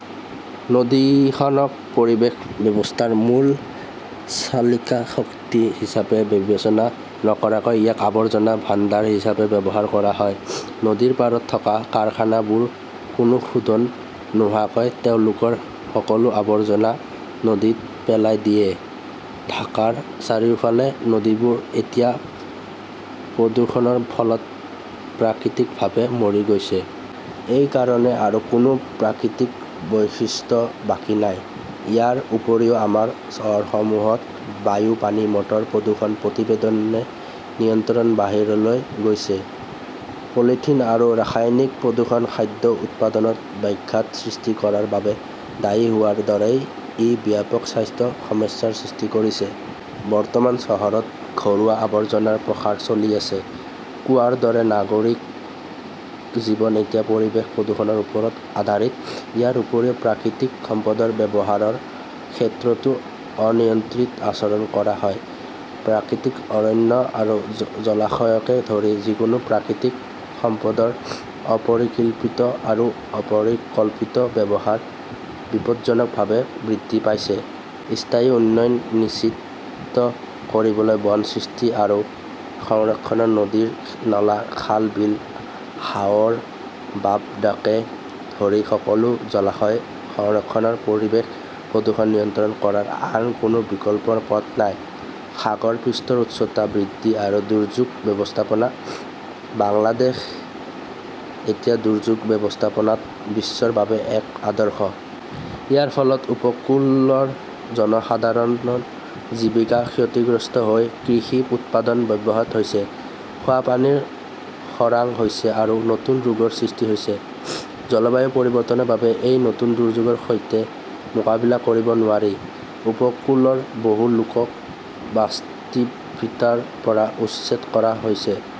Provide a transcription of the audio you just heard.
নদীখনক পৰিৱেশ ব্যৱস্থাৰ মূল চালিকা শক্তি হিচাপে বিবেচনা নকৰাকৈ ইয়াক আৱৰ্জনা ভাণ্ডাৰ হিচাপে ব্যৱহাৰ কৰা হয়। নদীৰ পাৰত থকা কাৰখানাবোৰে কোনো শোধন নোহোৱাকৈ তেওঁলোকৰ সকলো আৱৰ্জনা নদীত পেলাই দিয়ে। ঢাকাৰ চাৰিওফালৰ নদীবোৰ এতিয়া প্ৰদূষণৰ ফলত প্ৰাকৃতিকভাৱে মৰি গৈছে। এই কাৰণে আৰু কোনো প্ৰাকৃতিক বৈশিষ্ট্য বাকী নাই। ইয়াৰ উপৰিও, আমাৰ চহৰসমূহত বায়ু, পানী, মাটিৰ প্ৰদূষণ প্ৰতিদিনে নিয়ন্ত্ৰণৰ বাহিৰলৈ গৈছে। পলিথিন আৰু ৰাসায়নিক প্ৰদূষণ খাদ্য উৎপাদনত ব্যাঘাত সৃষ্টি কৰাৰ বাবে দায়ী হোৱাৰ দৰেই ই ব্যাপক স্বাস্থ্য সমস্যাৰ সৃষ্টি কৰিছে। বৰ্তমান যিকোনো চহৰতে ঘৰুৱা আৱৰ্জনাৰ প্ৰসাৰ চলি আছে। কোৱাৰ দৰে, নাগৰিক জীৱন এতিয়া পৰিৱেশ প্ৰদূষণৰ ওপৰত আধাৰিত। ইয়াৰ উপৰিও, প্ৰাকৃতিক সম্পদৰ ব্যৱহাৰৰ ক্ষেত্ৰতো অনিয়ন্ত্ৰিত আচৰণ কৰা হয়। প্ৰাকৃতিক অৰণ্য আৰু জলাশয়কে ধৰি যিকোনো প্ৰাকৃতিক সম্পদৰ অপৰিকল্পিত আৰু অপৰিকল্পিত ব্যৱহাৰ বিপদজনকভাৱে বৃদ্ধি পাইছে। স্থায়ী উন্নয়ন নিশ্চিত কৰিবলৈ বন সৃষ্টি আৰু সংৰক্ষণ, নদীৰ নলা, খাল-বিল, হাওৰ-বাৱডকে ধৰি সকলো জলাশয় সংৰক্ষণত পৰিৱেশ প্ৰদূষণ নিয়ন্ত্ৰণ কৰাৰ আন কোনো বিকল্প পথ নাই। সাগৰ পৃষ্ঠৰ উচ্চতা বৃদ্ধি আৰু দুৰ্যোগ ব্যৱস্থাপনাঃ বাংলাদেশ এতিয়া দুৰ্যোগ ব্যৱস্থাপনাত বিশ্বৰ বাবে এক আদৰ্শ। ইয়াৰ ফলত উপকূলৰ জনসাধাৰণৰ জীৱিকা ক্ষতিগ্ৰস্ত হৈছে, কৃষি উৎপাদন ব্যাহত হৈছে, খোৱা পানীৰ খৰাং হৈছে আৰু নতুন ৰোগৰ সৃষ্টি হৈছে। জলবায়ু পৰিৱৰ্তনৰ বাবে এই নতুন দুৰ্যোগৰ সৈতে মোকাবিলা কৰিব নোৱাৰি, উপকূলৰ বহু লোকক বাস্তুভিটাৰ পৰা উচ্ছেদ কৰা হৈছে।